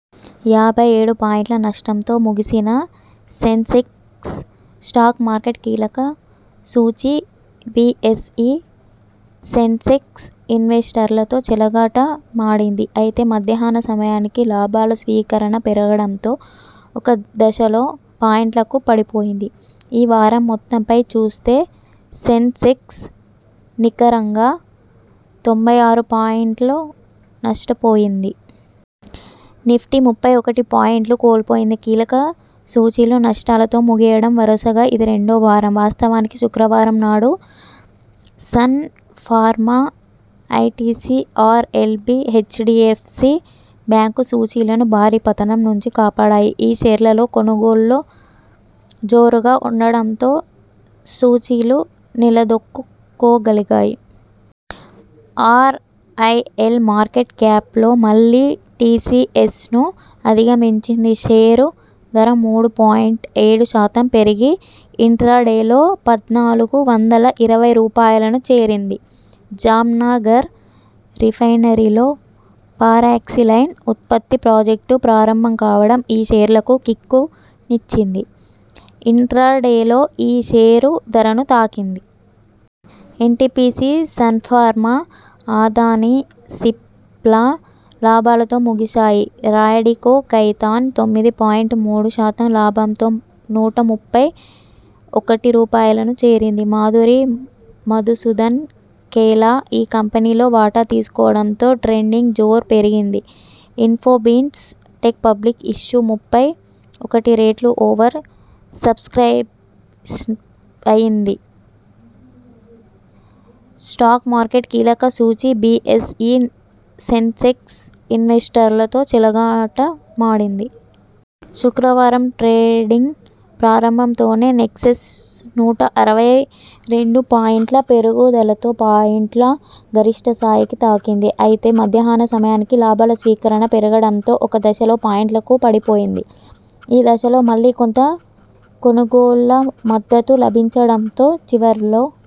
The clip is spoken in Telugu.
యాభై ఏడు పాయింట్ల నష్టంతో ముగిసిన సెన్సెక్స్ స్టాక్ మార్కెట్ కీలక సూచీ బిఎస్ఇ సెన్సెక్స్ ఇన్వెస్టర్లతో చెలగాట మాడింది. అయితే మధ్యాహ్న సమయానికి లాభాల స్వీకరణ పెరగడంతో ఒక దశలో పాయింట్లకు పడిపోయింది. ఈ వారం మొత్తంపై చూస్తే సెన్సెక్స్ నికరంగా తొంభై ఆరు పాయింట్లు నష్టపోయింది. నిఫ్టీ ముప్పై ఒకటి పాయింట్లు కోల్పోయింది. కీలక సూచీలు నష్టాలతో ముగియడం వరుసగా ఇది రెండో వారం. వాస్తవానికి శుక్రవారం నాడు Sun Pharma, ITC, RIL, HDFC bank సూచీలను భారీ పతనం నుంచి కాపాడాయి. ఈ షేర్లలో కొనుగోళ్లు జోరుగా ఉండటంతో సూచీలు నిలదొక్కుకోగలిగాయి. ఆర్ఐఎల్ మార్కెట్ క్యాప్లో మళ్లీ టిసిఎస్ను అధిగమించింది. షేరు ధర మూడు పాయింట్ ఏడు శాతం పెరిగి ఇంట్రాడేలో పద్నాలుగు వందల ఇరవై రూపాయలను చేరింది. జామ్నగర్ రిఫైనరీలో పారాక్సిలైన్ ఉత్పత్తి ప్రాజెక్టు ప్రారంభంకావడం ఈ షేర్లకు కిక్కు నిచ్చింది. ఇంట్రాడేలో ఈ షేరు ధర ను తాకింది. ఎన్టిపిసి, సన్ఫార్మా, అదానీ, సిప్లా లాభాలతో ముగిశాయి. రాడికో ఖైతాన్ తొమ్మిది పాయింట్ మూడు శాతం లాభంతో నూట ముప్పై ఒకటి రూపాయలను చేరింది మాధురి ,మధుసూదన్ కేలా ఈ కంపెనీలో వాటా తీసుకోవడంతో ట్రేడింగ్ జోరు పెరిగింది. ఇన్ఫోబీన్స్ టెక్ పబ్లిక్ ఇష్యూ ముప్పై ఒకటి రెట్లు ఓవర్ సబ్స్క్రయిబ్ అయింది స్టాక్ మార్కెట్ కీలక సూచీ బిఎస్ఇ సెన్సెక్స్ ఇన్వెస్టర్లతో చెలగాట మాడింది. శుక్రవారం ట్రేడింగ్ ప్రారంభంతోనే నెక్సెస్ నూట అరవై రెండు పాయింట్ల పెరుగుదలతో పాయింట్ల గరిష్ఠ స్థాయిని తాకింది. అయితే మధ్యాహ్న సమయానికి లాభాల స్వీకరణ పెరగడంతో ఒక దశలో పాయింట్లకు పడిపోయింది. ఈ దశలో మళ్లీ కొంత కొనుగోళ్ల మద్దతు లభించడంతో చివరలో